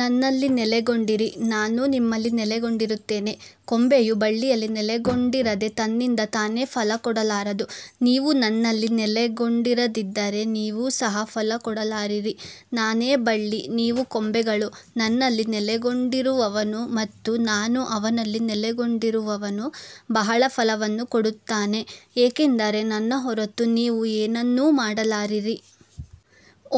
ನನ್ನಲ್ಲಿ ನೆಲೆಗೊಂಡಿರಿ, ನಾನೂ ನಿಮ್ಮಲ್ಲಿ ನೆಲೆಗೊಂಡಿರುತ್ತೇನೆ. ಕೊಂಬೆಯು ಬಳ್ಳಿಯಲ್ಲಿ ನೆಲೆಗೊಂಡಿರದೆ ತನ್ನಿಂದ ತಾನೇ ಫಲಕೊಡಲಾರದು. ನೀವು ನನ್ನಲ್ಲಿ ನೆಲೆಗೊಂಡಿರದಿದ್ದರೆ ನೀವು ಸಹ ಫಲಕೊಡಲಾರಿರಿ. ನಾನೇ ಬಳ್ಳಿ, ನೀವು ಕೊಂಬೆಗಳು. ನನ್ನಲ್ಲಿ ನೆಲೆಗೊಂಡಿರುವವನು ಮತ್ತು ನಾನು ಅವನಲ್ಲಿ ನೆಲೆಗೊಂಡಿರುವವನು ಬಹಳ ಫಲವನ್ನು ಕೊಡುತ್ತಾನೆ, ಏಕೆಂದರೆ ನನ್ನ ಹೊರತು ನೀವು ಏನನ್ನೂ ಮಾಡಲಾರಿರಿ.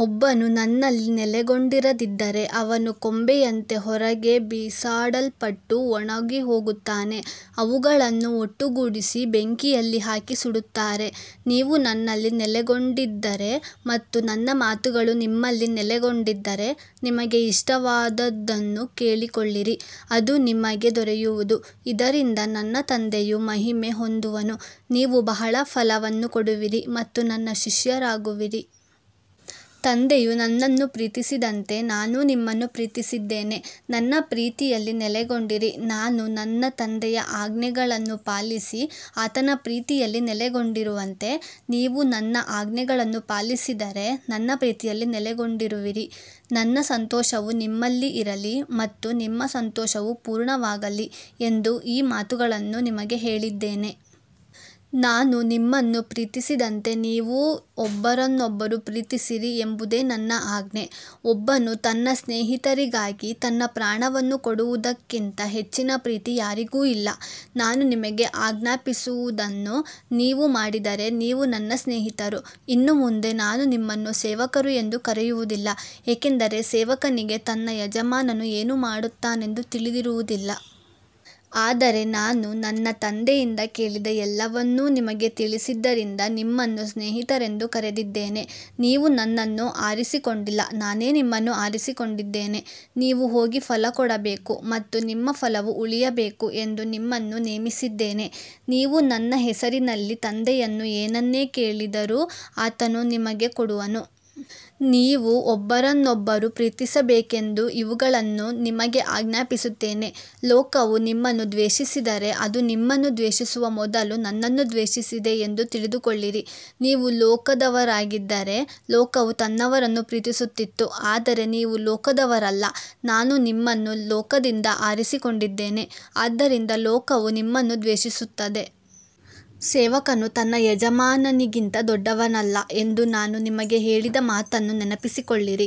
ಒಬ್ಬನು ನನ್ನಲ್ಲಿ ನೆಲೆಗೊಂಡಿರದಿದ್ದರೆ ಅವನು ಕೊಂಬೆಯಂತೆ ಹೊರಗೆ ಬಿಸಾಡಲ್ಪಟ್ಟು ಒಣಗಿಹೋಗುತ್ತಾನೆ. ಅವುಗಳನ್ನು ಒಟ್ಟುಗೂಡಿಸಿ ಬೆಂಕಿಯಲ್ಲಿ ಹಾಕಿ ಸುಡುತ್ತಾರೆ. ನೀವು ನನ್ನಲ್ಲಿ ನೆಲೆಗೊಂಡಿದ್ದರೆ ಮತ್ತು ನನ್ನ ಮಾತುಗಳು ನಿಮ್ಮಲ್ಲಿ ನೆಲೆಗೊಂಡಿದ್ದರೆ ನಿಮಗೆ ಇಷ್ಟವಾದದ್ದನ್ನು ಕೇಳಿಕೊಳ್ಳಿರಿ, ಅದು ನಿಮಗೆ ದೊರೆಯುವುದು. ಇದರಿಂದ ನನ್ನ ತಂದೆಯು ಮಹಿಮೆ ಹೊಂದುವನು, ನೀವು ಬಹಳ ಫಲವನ್ನು ಕೊಡುವಿರಿ ಮತ್ತು ನನ್ನ ಶಿಷ್ಯರಾಗುವಿರಿ. ತಂದೆಯು ನನ್ನನ್ನು ಪ್ರೀತಿಸಿದಂತೆ ನಾನೂ ನಿಮ್ಮನ್ನು ಪ್ರೀತಿಸಿದ್ದೇನೆ. ನನ್ನ ಪ್ರೀತಿಯಲ್ಲಿ ನೆಲೆಗೊಂಡಿರಿ. ನಾನು ನನ್ನ ತಂದೆಯ ಆಜ್ಞೆಗಳನ್ನು ಪಾಲಿಸಿ ಆತನ ಪ್ರೀತಿಯಲ್ಲಿ ನೆಲೆಗೊಂಡಿರುವಂತೆ, ನೀವು ನನ್ನ ಆಜ್ಞೆಗಳನ್ನು ಪಾಲಿಸಿದರೆ ನನ್ನ ಪ್ರೀತಿಯಲ್ಲಿ ನೆಲೆಗೊಂಡಿರುವಿರಿ. ನನ್ನ ಸಂತೋಷವು ನಿಮ್ಮಲ್ಲಿ ಇರಲಿ ಮತ್ತು ನಿಮ್ಮ ಸಂತೋಷವು ಪೂರ್ಣವಾಗಲಿ ಎಂದು ಈ ಮಾತುಗಳನ್ನು ನಿಮಗೆ ಹೇಳಿದ್ದೇನೆ. ನಾನು ನಿಮ್ಮನ್ನು ಪ್ರೀತಿಸಿದಂತೆ ನೀವೂ ಒಬ್ಬರನ್ನೊಬ್ಬರು ಪ್ರೀತಿಸಿರಿ ಎಂಬುದೇ ನನ್ನ ಆಜ್ಞೆ. ಒಬ್ಬನು ತನ್ನ ಸ್ನೇಹಿತರಿಗಾಗಿ ತನ್ನ ಪ್ರಾಣವನ್ನು ಕೊಡುವುದಕ್ಕಿಂತ ಹೆಚ್ಚಿನ ಪ್ರೀತಿ ಯಾರಿಗೂ ಇಲ್ಲ. ನಾನು ನಿಮಗೆ ಆಜ್ಞಾಪಿಸುವುದನ್ನು ನೀವು ಮಾಡಿದರೆ ನೀವು ನನ್ನ ಸ್ನೇಹಿತರು. ಇನ್ನು ಮುಂದೆ ನಾನು ನಿಮ್ಮನ್ನು ಸೇವಕರು ಎಂದು ಕರೆಯುವುದಿಲ್ಲ, ಏಕೆಂದರೆ ಸೇವಕನಿಗೆ ತನ್ನ ಯಜಮಾನನು ಏನು ಮಾಡುತ್ತಾನೆಂದು ತಿಳಿದಿರುವುದಿಲ್ಲ. ಆದರೆ ನಾನು ನನ್ನ ತಂದೆಯಿಂದ ಕೇಳಿದ ಎಲ್ಲವನ್ನೂ ನಿಮಗೆ ತಿಳಿಸಿದ್ದರಿಂದ ನಿಮ್ಮನ್ನು ಸ್ನೇಹಿತರೆಂದು ಕರೆದಿದ್ದೇನೆ. ನೀವು ನನ್ನನ್ನು ಆರಿಸಿಕೊಂಡಿಲ್ಲ, ನಾನೇ ನಿಮ್ಮನ್ನು ಆರಿಸಿಕೊಂಡಿದ್ದೇನೆ. ನೀವು ಹೋಗಿ ಫಲಕೊಡಬೇಕು ಮತ್ತು ನಿಮ್ಮ ಫಲವು ಉಳಿಯಬೇಕು ಎಂದು ನಿಮ್ಮನ್ನು ನೇಮಿಸಿದ್ದೇನೆ. ನೀವು ನನ್ನ ಹೆಸರಿನಲ್ಲಿ ತಂದೆಯನ್ನು ಏನನ್ನೇ ಕೇಳಿದರೂ ಆತನು ನಿಮಗೆ ಕೊಡುವನು. ನೀವು ಒಬ್ಬರನ್ನೊಬ್ಬರು ಪ್ರೀತಿಸಬೇಕೆಂದು ಇವುಗಳನ್ನು ನಿಮಗೆ ಆಜ್ಞಾಪಿಸುತ್ತೇನೆ. ಲೋಕವು ನಿಮ್ಮನ್ನು ದ್ವೇಷಿಸಿದರೆ, ಅದು ನಿಮ್ಮನ್ನು ದ್ವೇಷಿಸುವ ಮೊದಲು ನನ್ನನ್ನು ದ್ವೇಷಿಸಿದೆ ಎಂದು ತಿಳಿದುಕೊಳ್ಳಿರಿ. ನೀವು ಲೋಕದವರಾಗಿದ್ದರೆ ಲೋಕವು ತನ್ನವರನ್ನು ಪ್ರೀತಿಸುತ್ತಿತ್ತು. ಆದರೆ ನೀವು ಲೋಕದವರಲ್ಲ, ನಾನು ನಿಮ್ಮನ್ನು ಲೋಕದಿಂದ ಆರಿಸಿಕೊಂಡಿದ್ದೇನೆ. ಆದ್ದರಿಂದ ಲೋಕವು ನಿಮ್ಮನ್ನು ದ್ವೇಷಿಸುತ್ತದೆ. ಸೇವಕನು ತನ್ನ ಯಜಮಾನನಿಗಿಂತ ದೊಡ್ಡವನಲ್ಲ ಎಂದು ನಾನು ನಿಮಗೆ ಹೇಳಿದ ಮಾತನ್ನು ನೆನಪಿಸಿಕೊಳ್ಳಿರಿ.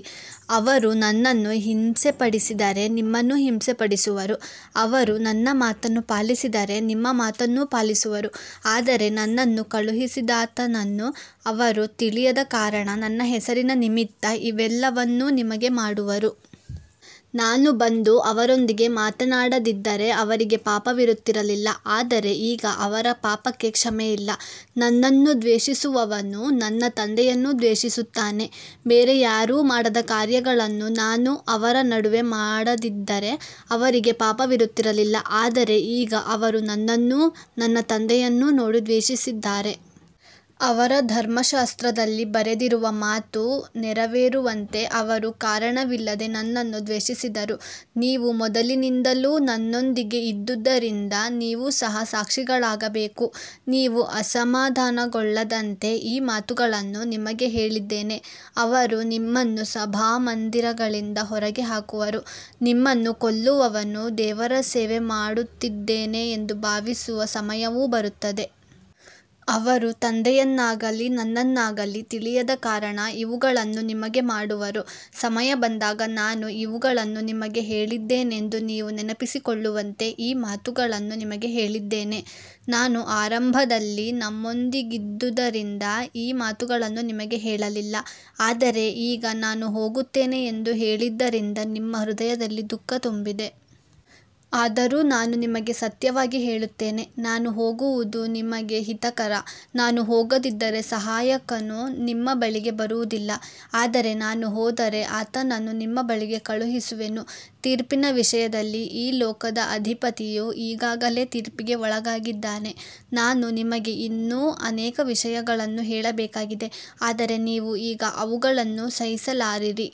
ಅವರು ನನ್ನನ್ನು ಹಿಂಸೆಪಡಿಸಿದರೆ ನಿಮ್ಮನ್ನೂ ಹಿಂಸೆಪಡಿಸುವರು. ಅವರು ನನ್ನ ಮಾತನ್ನು ಪಾಲಿಸಿದರೆ ನಿಮ್ಮ ಮಾತನ್ನೂ ಪಾಲಿಸುವರು. ಆದರೆ ನನ್ನನ್ನು ಕಳುಹಿಸಿದಾತನನ್ನು ಅವರು ತಿಳಿಯದ ಕಾರಣ ನನ್ನ ಹೆಸರಿನ ನಿಮಿತ್ತ ಇವೆಲ್ಲವನ್ನೂ ನಿಮಗೆ ಮಾಡುವರು. ನಾನು ಬಂದು ಅವರೊಂದಿಗೆ ಮಾತನಾಡದಿದ್ದರೆ ಅವರಿಗೆ ಪಾಪವಿರುತ್ತಿರಲಿಲ್ಲ. ಆದರೆ ಈಗ ಅವರ ಪಾಪಕ್ಕೆ ಕ್ಷಮೆಯಿಲ್ಲ. ನನ್ನನ್ನು ದ್ವೇಷಿಸುವವನು ನನ್ನ ತಂದೆಯನ್ನೂ ದ್ವೇಷಿಸುತ್ತಾನೆ. ಬೇರೆ ಯಾರೂ ಮಾಡದ ಕಾರ್ಯಗಳನ್ನು ನಾನು ಅವರ ನಡುವೆ ಮಾಡದಿದ್ದರೆ ಅವರಿಗೆ ಪಾಪವಿರುತ್ತಿರಲಿಲ್ಲ. ಆದರೆ ಈಗ ಅವರು ನನ್ನನ್ನೂ ನನ್ನ ತಂದೆಯನ್ನೂ ನೋಡಿ ದ್ವೇಷಿಸಿದ್ದಾರೆ. ಅವರ ಧರ್ಮಶಾಸ್ತ್ರದಲ್ಲಿ ಬರೆದಿರುವ ಮಾತು ನೆರವೇರುವಂತೆ ಅವರು ಕಾರಣವಿಲ್ಲದೆ ನನ್ನನ್ನು ದ್ವೇಷಿಸಿದರು. ನೀವು ಮೊದಲಿನಿಂದಲೂ ನನ್ನೊಂದಿಗೆ ಇದ್ದುದರಿಂದ ನೀವು ಸಹ ಸಾಕ್ಷಿಗಳಾಗಬೇಕು. ನೀವು ಅಸಮಾಧಾನಗೊಳ್ಳದಂತೆ ಈ ಮಾತುಗಳನ್ನು ನಿಮಗೆ ಹೇಳಿದ್ದೇನೆ. ಅವರು ನಿಮ್ಮನ್ನು ಸಭಾಮಂದಿರಗಳಿಂದ ಹೊರಗೆ ಹಾಕುವರು. ನಿಮ್ಮನ್ನು ಕೊಲ್ಲುವವನು ದೇವರ ಸೇವೆ ಮಾಡುತ್ತಿದ್ದೇನೆ ಎಂದು ಭಾವಿಸುವ ಸಮಯವೂ ಬರುತ್ತದೆ. ಅವರು ತಂದೆಯನ್ನಾಗಲಿ ನನ್ನನ್ನಾಗಲಿ ತಿಳಿಯದ ಕಾರಣ ಇವುಗಳನ್ನು ನಿಮಗೆ ಮಾಡುವರು. ಸಮಯ ಬಂದಾಗ ನಾನು ಇವುಗಳನ್ನು ನಿಮಗೆ ಹೇಳಿದ್ದೆನೆಂದು ನೀವು ನೆನಪಿಸಿಕೊಳ್ಳುವಂತೆ ಈ ಮಾತುಗಳನ್ನು ನಿಮಗೆ ಹೇಳಿದ್ದೇನೆ. ನಾನು ಆರಂಭದಲ್ಲಿ ನಿಮ್ಮೊಂದಿಗಿದ್ದುದರಿಂದ ಈ ಮಾತುಗಳನ್ನು ನಿಮಗೆ ಹೇಳಲಿಲ್ಲ. ಆದರೆ ಈಗ ನಾನು ಹೋಗುತ್ತೇನೆ ಎಂದು ಹೇಳಿದ್ದರಿಂದ ನಿಮ್ಮ ಹೃದಯದಲ್ಲಿ ದುಃಖ ತುಂಬಿದೆ. ಆದರೂ ನಾನು ನಿಮಗೆ ಸತ್ಯವಾಗಿ ಹೇಳುತ್ತೇನೆ, ನಾನು ಹೋಗುವುದು ನಿಮಗೆ ಹಿತಕರ. ನಾನು ಹೋಗದಿದ್ದರೆ ಸಹಾಯಕನು ನಿಮ್ಮ ಬಳಿಗೆ ಬರುವುದಿಲ್ಲ. ಆದರೆ ನಾನು ಹೋದರೆ ಆತನನ್ನು ನಿಮ್ಮ ಬಳಿಗೆ ಕಳುಹಿಸುವೆನು. ತೀರ್ಪಿನ ವಿಷಯದಲ್ಲಿ ಈ ಲೋಕದ ಅಧಿಪತಿಯು ಈಗಾಗಲೇ ತೀರ್ಪಿಗೆ ಒಳಗಾಗಿದ್ದಾನೆ. ನಾನು ನಿಮಗೆ ಇನ್ನೂ ಅನೇಕ ವಿಷಯಗಳನ್ನು ಹೇಳಬೇಕಾಗಿದೆ, ಆದರೆ ನೀವು ಈಗ ಅವುಗಳನ್ನು ಸಹಿಸಲಾರಿರಿ.